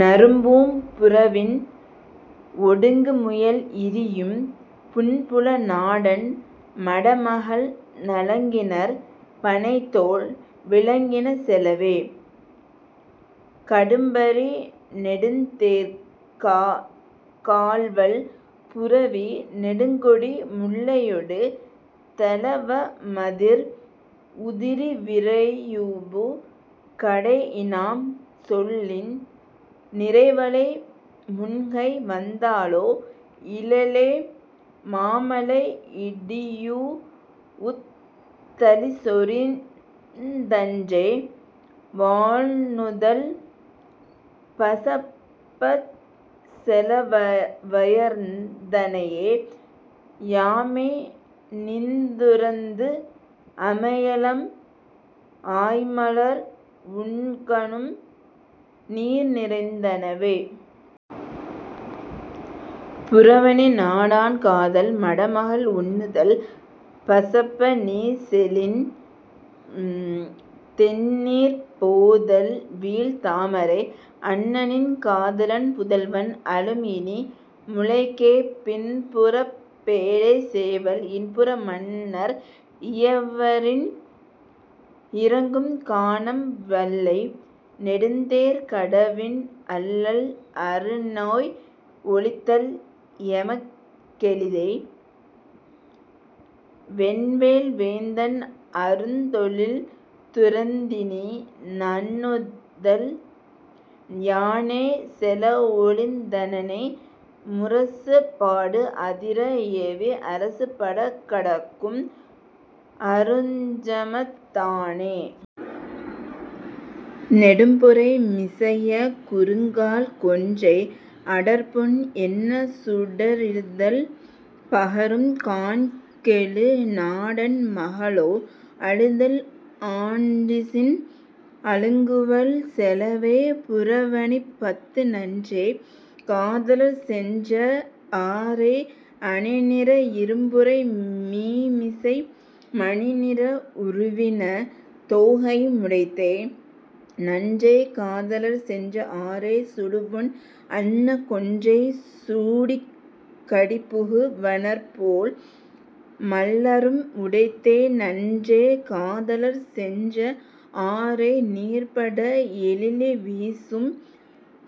நறும்பூம் புறவின் ஒடுங்குமுயல் இரியும் புன்புல நாடன் மடமகள் நலங்கினர் பணைத்தோள் விலங்கின செலவே. கடும்பரி நெடுந்தேர்க் கால்வல் புரவி நெடுங்கொடி முல்லையொடு தளவமதிர் உதிர விரையுபு கடை இநாம் செல்லின் நிரைவளை முன்கை வருந்தலோ இலளே. மாமலை இடியூஉத் தளீசொரிந் தன்றே வாள்நுதல் பசப்பச் செலவயர்ந் தனையே யாமே நிந்துறந்து அமையலம் ஆய்மலர் உண்கணும் நீர்நிறைந் தனவே. புறவணி நாடன் காதல் மடமகள் ஒண்ணுதல் பசப்ப நீசெலின் தெண்ணீர்ப் போதவிழ் தாமரை அன்னநின் காதலன் புதல்வன் அழும்இனி முலைக்கே புன்புறப் பேடை சேவல் இன்புற மன்னர் இயவரின் இரங்கும் கானம் வல்லை நெடுந்தேர் கடவின் அல்லல் அருநோய் ஒழித்தல் எமக் கெளிதே. வென்வேல் வேந்தன் அருந்தொழில் துறந்தினி நன்னுதல் யானே செலஒழிந் தனனே முரசுபாடு அதிர ஏவி அரசுபடக் கடக்கும் அருஞ்சமத் தானே. நெடும்பொறை மிசைய குறுங்கால் கொன்றை அடர்பொன் என்னச் சுடரிதழ் பகரும் கான்கெழு நாடன் மகளோ அழுதல் ஆன்றிசின் அழுங்குவல் செலவே..புறவணிப் பத்து நன்றே காதலர் சென்ற ஆறே அணிநிற இரும்பொறை மீமிசை மணிநிற உருவின தோகையும் உடைத்தே. நன்றே காதலர் சென்ற ஆறே சுடுபொன் அன்ன கொன்றை சூடிக் கடிபுகு வனர்போல் மள்ளரும் உடைத்தே நன்றே காதலர் சென்ற ஆறே நீர்ப்பட எழிலி வீசும்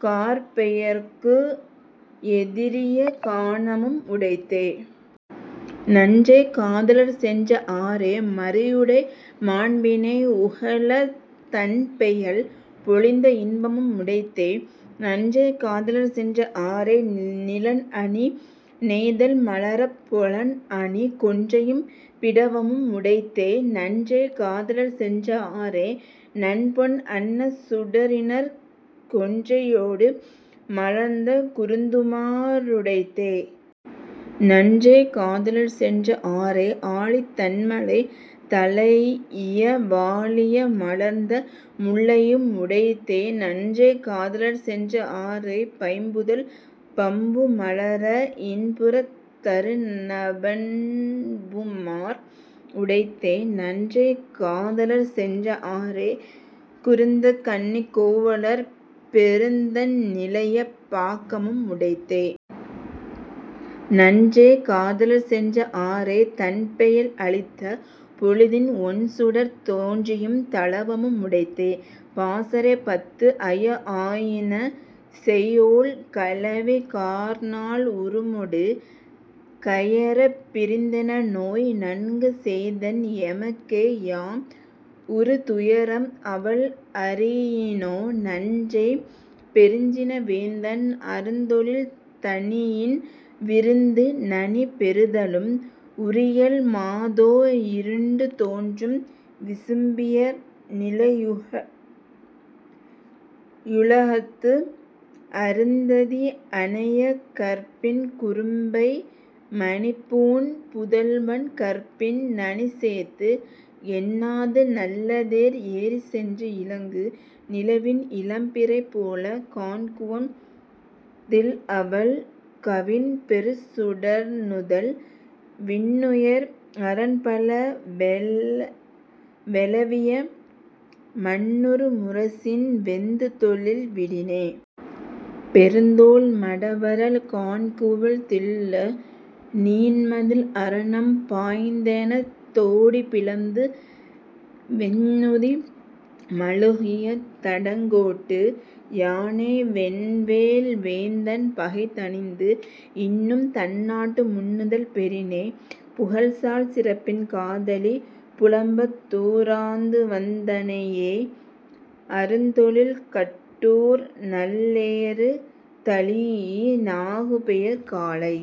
கார்ப்பெயற்கு எதிரிய கானமும் உடைத்தே. நன்றே காதலர் சென்ற ஆறே மறியுடை மாண்பிணை உகளத் தண்பெயல் பொழிந்த இன்பமும் உடைத்தே. நன்றே காதலர் சென்ற ஆறே நிலன் அணி நெய்தல் மலரப் பொலன்அணி கொன்றையும் பிடவமும் உடைத்தே. நன்றே காதலர் சென்ற ஆறே நன்பொன் அன்ன சுடரிணர்க் கொன்றையொடு மலர்ந்த குருந்துமா ருடைத்தே. நன்றே காதலர் சென்ற ஆறே ஆலித் தண்மழை தலைஇய வாலிய மலர்ந்த முல்லையும் உடைத்தே. நன்றே காதலர் சென்ற ஆறே பைம்புதல் பம்பூ மலர இன்புறத் தருந பண்புமார் உடைத்தே. நன்றே காதலர் சென்ற ஆறே குருந்தக் கண்ணிக் கோவலர் பெருந்தண் நிலைய பாக்கமும் உடைத்தே. நன்றே காதலர் சென்ற ஆறே தன்பெயல் அளித்த பொழுதின் ஒண்சுடர்த் தோன்றியும் தளவமும் உடைத்தே.. பாசறைப் பத்து ஐய ஆயின செய்யோள் களவி கார்நாள் உருமொடு கையறப் பிரிந்தென நோய் நன்கு செய்தன் எமக்கே யாம்உறு துயரம் அவள் அறியினோ நன்றே. பெருஞ்சின வேந்தன் அருந்தொழில் தணியின் விருந்து நனி பெறுதலும் உரியள் மாதோ இருண்டு தோன்றும் விசும்பினுயர் நிலையுலகத்து அருந்ததி அனைய கற்பின் குரும்பை மணிப்பூண் புதல்வன் கற்பின் நனிசேத்து என்னாது நல்தேர் ஏறிச்சென்று இலங்கு நிலவின் இளம்பிறை போலக் காண்குவம் தில்அவள் கவின்பெறு சுடர்நுதல் விண்ணுயர் அரண்பல வெளவிய மண்ணுறு முரசின் வேந்துதொழில் விடினே. பெருந்தோள் மடவரல் காண்குவெம் தில்ல நீண்மதில் அரணம் பாய்ந்தெனத் தொடிபிளந்து வைந்நுதி மழுகிய தடங்கோட்டு யானை வென்வேல் வேந்தன் பகைதணிந்து இன்னும் தன்னாட்டு முன்னுதல் பெறினே. புகழ்சால் சிறப்பின் காதலி புலம்பத் துராந்துவந் தனையே அருந்தொழில் கட்டூர் நல்லேறு தழீஇ நாகுபெயர் காலை